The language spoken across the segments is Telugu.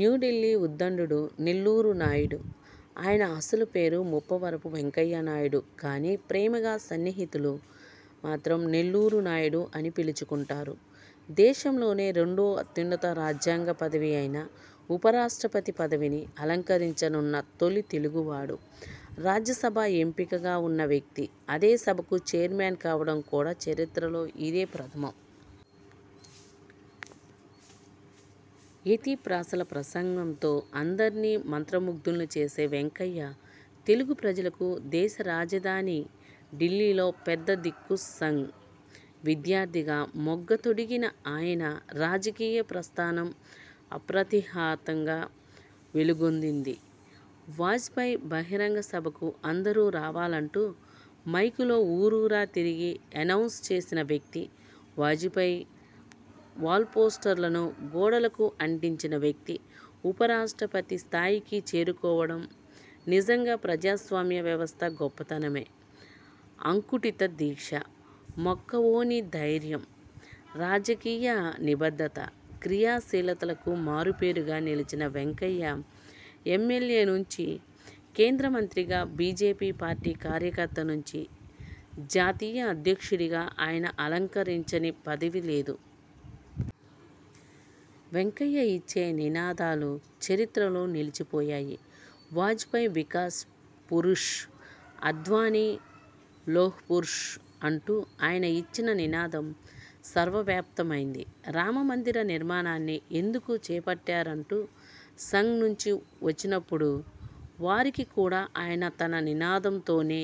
న్యూఢిల్లీ ఉద్దండుడు నెల్లూరు నాయుడు ఆయన అసలు పేరు ముప్పవరపు వెంకయ్య నాయుడుకానీ ప్రేమగా సన్నిహితులు మాత్రం నెల్లూరు నాయుడు అని పిలుచుకుంటారు. దేశంలోనే రెండో అత్యున్నత రాజ్యంగ పదవి అయిన ఉపరాష్ట్రపతి పదవిని అలంకరించనున్న తొలి తెలుగువాడు. రాజ్యసభ ఎంపీగా ఉన్న వ్యక్తి అదే సభకు ఛైర్మన్ కావడం కూడా చరిత్రలో ఇదే ప్రధమం. యతి, ప్రాసల ప్రసంగంతో అందర్నీ మంత్ర ముగ్ధులు చేసే వెంకయ్య తెలుగు ప్రజలకు దేశరాజధాని ఢిల్లీలో పెద్ద దిక్కుసంఘ్ విద్యార్ధిగా మొగ్గ తొడిగిన ఆయన రాజకీయ ప్రస్థానం అప్రతిహతంగా వెలుగొందింది. వాజ్పేయి బహిరంగ సభకు అందరూ రావాలంటూ మైకులో ఊరూరా తిరిగి ఎనౌన్స్ చేసిన వ్యక్తి, వాజ్పేయి వాల్పోస్టర్లను గోడలకు అంటించిన వ్యక్తి, ఉపరాష్ట్రపతి స్థాయికి చేరుకోవడం నిజంగా ప్రజాస్వామ్య వ్యవస్థ గొప్పతనమే అంకుఠిత దీక్ష, మొక్కవోని ధైర్యం, రాజకీయ నిబద్ధత, క్రియాశీలతలకు మారు పేరుగా నిలిచిన వెంకయ్య ఎమ్మెల్యే నుంచి కేంద్ర మంత్రిగా బీజేపీ పార్టీ కార్యకర్త నుంచి జాతీయ అధ్యక్షుడిగా ఆయన అలకరించని పదవి లేదు. వెంకయ్య ఇచ్చే నినాదాలు చరిత్రలో నిలిచిపోయాయి. వాజ్పేయి వికాస్ పురుష్, అద్వానీ లోహ్పురుష్ అంటూ ఆయన ఇచ్చిన నినాదం సర్వవ్యాప్తమైంది. రామమందిర నిర్మాణాన్ని ఎందుకు చేపట్టరంటూ సంఘ్ నుంచి వచ్చినప్పుడు వారికి కూడా ఆయన తన నినాదంతోనే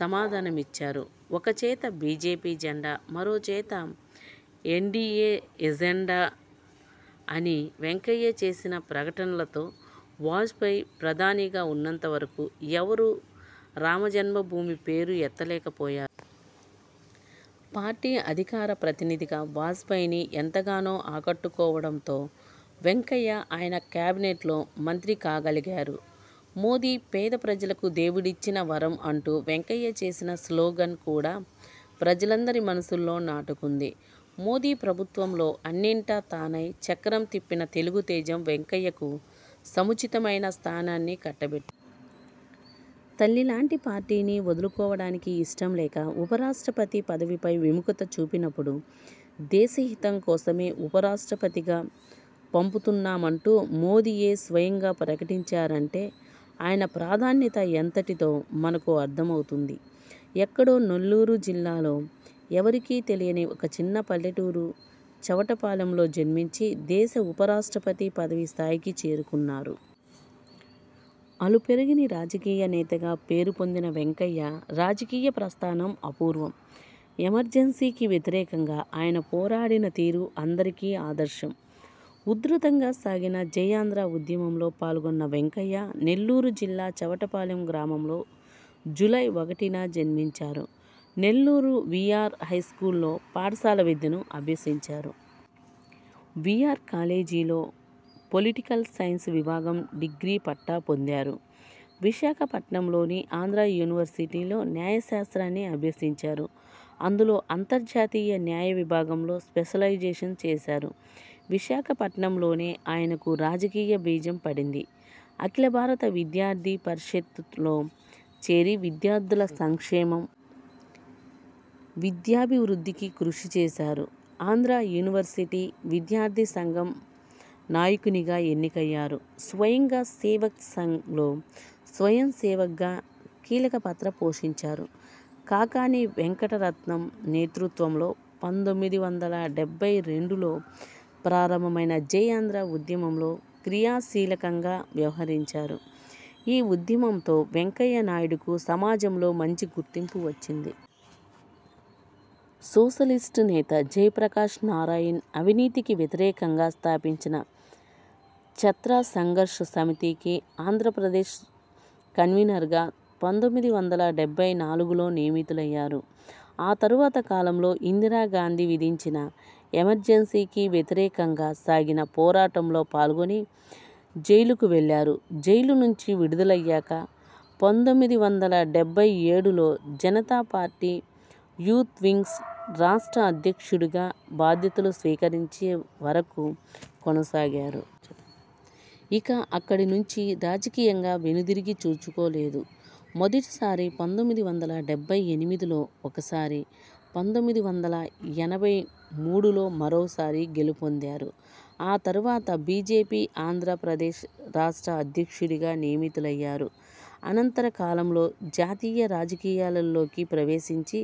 సమాధానమిచ్చారు. ఒక చేత బిజెపి జెండా, మరో చేత ఎన్డిఏ ఎజెండా అని వెంకయ్య చేసిన ప్రకటనతో వాజ్పేయి ప్రధానిగా ఉన్నంతవరకూ ఎవరూ రామజన్మభూమి పేరు ఎత్తలేకపోయారు. పార్టీ అధికార ప్రతినిధిగా వాజ్పేయిని ఎంతగానో ఆకట్టుకోవడంతో వెంకయ్య ఆయన క్యాబినెట్లో మంత్రి కాగలిగారు. మోదీ పేద ప్రజలకు దేవుడిచ్చిన వరం అంటూ వెంకయ్య చేసిన స్లోగన్ కూడా ప్రజలందరి మనస్సుల్లో నాటుకుంది. మోదీ ప్రభుత్వంలో అన్నింటా తానై చక్రం తిప్పిన తెలుగు తేజం వెంకయ్యకు సముచితమైన స్థానాన్ని కట్టబెట్టారు. తల్లిలాంటి పార్టీని వదులుకోవడానికి ఇష్టం లేక ఉపరాష్ట్రపతి పదవిపై విముఖత చూపినప్పుడు దేశ హితం కోసమే ఉపరాష్ట్రపతిగా పంపుతున్నామంటూ మోదీయే స్వయంగా ప్రకటించారంటే ఆయన ప్రాధాన్యత ఎంతటితో మనకు అర్ధమవుతుంది. ఎక్కడో నెల్లూరు జిల్లాలో ఎవరికీ తెలియని ఒక చిన్న పల్లెటూరు చవటపాలెంలో జన్మించి దేశ ఉప రాష్ట్రపతి పదవి స్థాయికి చేరుకున్నారు. అలుపెరగని రాజకీయ నేతగా పేరు పొందిన వెంకయ్య రాజకీయ ప్రస్థానం అపూర్వం. ఎమర్జెన్సీకి వ్యతిరేకంగా ఆయన పోరాడిన తీరు అందరికి ఆదర్శం. ఉధృతంగా సాగిన జైఆంధ్ర ఉద్యమంలో పాల్గొన్న వెంకయ్య నెల్లూరు జిల్లా చవటపాలెం గ్రామంలో జూలై ఒకటిన జన్మించారు. నెల్లూరు వీఆర్ హైస్కూలులో పాఠశాల విద్యను అభ్యసించారు. వీఆర్ కాలేజీలో పొలిటికల్ సైన్స్ విభాగం డిగ్రీ పట్టా పొందారు. విశాఖపట్టణంలోని ఆంధ్రా యూనివర్సిటీలో న్యాయ శాస్త్రాన్ని అభ్యసించారు. అందులో అంతర్జాతీయ న్యాయ విభాగంలో స్పెషలైజేషన్ చేశారు. విశాఖపట్టణంలోనే ఆయనకు రాజకీయ బీజం పడింది. అఖిల భారత విద్యార్థి పరిషత్ లో చేరి విద్యార్థుల సంక్షేమం. విద్యాభివృద్ధికి కృషి చేశారు. ఆంధ్రా యూనివర్సిటీ విద్యార్థి సంఘం నాయకునిగా ఎన్నికయ్యారు. స్వయం సేవక్ సంఘ్ లో స్వయం సేవక్ గా కీలక పాత్ర పోషించారు. కాకాని వెంకటరత్నం నేతృత్వంలో పంతొమ్మిది వందల డెబ్బై రెండులో ప్రారంభమైన జై ఆంధ్ర ఉద్యమంలో క్రియాశీలకంగా వ్యవహరించారు. ఈ ఉద్యమంతో వెంకయ్య నాయుడుకు సమాజంలో మంచి గుర్తింపు వచ్చింది. సోషలిస్టు నేత జయప్రకాశ్ నారాయణ్ అవినీతికి వ్యతిరేకంగా స్థాపించిన ఛత్ర సంఘర్ష్ సమితికి ఆంధ్ర ప్రదేశ్ కన్వీనర్గా పంతొమ్మిది వందల డెబ్బై నాలుగులో నియమితులయ్యారు. ఆ తర్వాత కాలంలో ఇందిరా గాంధీ విధించిన ఎమర్జెన్సీకి వ్యతిరేకంగా సాగిన పోరాటంలో పాల్గొని జైలుకు వెళ్లారు. జైలు నుంచి విడుదలయ్యాక పంతొమ్మిది వందల డెబ్బై ఏడులో జనతా పార్టీ యూత్ వింగ్ రాష్ట్ర అధ్యక్షుడుగా బాధ్యతలు స్వీకరించి వరకు కొనసాగారు. ఇక అక్కడి నుంచి రాజకీయంగా వెనుదిరిగి చూసుకోలేదు. మొదటి సారి పంతొమ్మిది వందల డెబ్బై ఎనిమిదిలో ఒకసారి, పంతొమ్మిది వందల ఎనభై మూడులో మరోసారి గెలుపొందారు. ఆ తర్వాత బీజేపీ ఆంధ్ర ప్రదేశ్ రాష్ట్ర అధ్యక్షుడిగా నియమితులయ్యారు. అనంతర కాలంలో జాతీయ రాజకీయాల్లోకి ప్రవేశించి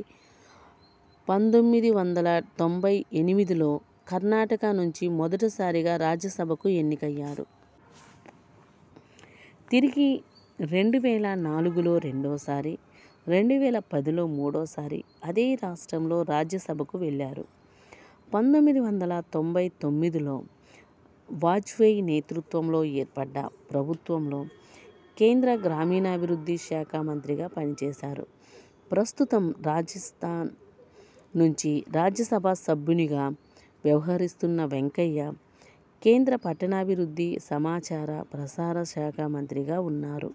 పంతొమ్మిది వందల తొంభై ఎనిమిదిలో కర్నాటక నుంచి మొదటిసారిగా రాజ్యసభకు ఎన్నికయ్యారు. తిరిగి రెండు వేల నాలుగులో రెండోసారి, రెండు వేల పదిలో మూడు సారి అదే రాష్ట్రంలో రాజ్యసభకు వెళ్లారు. పంతొమ్మిది వందల తొంభై తొమ్మిదిలో వాజ్వేయి నేతృత్వంలో ఏర్పడ్డ ప్రభుత్వంలో కేంద్ర గ్రామీణాభివృద్ధి శాఖ మంత్రిగా పని చేశారు. ప్రస్తుతం రాజస్థాన్ నుంచి రాజ్యసభ సభ్యునిగా వ్యవహరిస్తున్న వెంకయ్య కేంద్ర పట్టణాభివృద్ధి, సమాచార, ప్రసార శాఖ మంత్రిగా ఉన్నారు.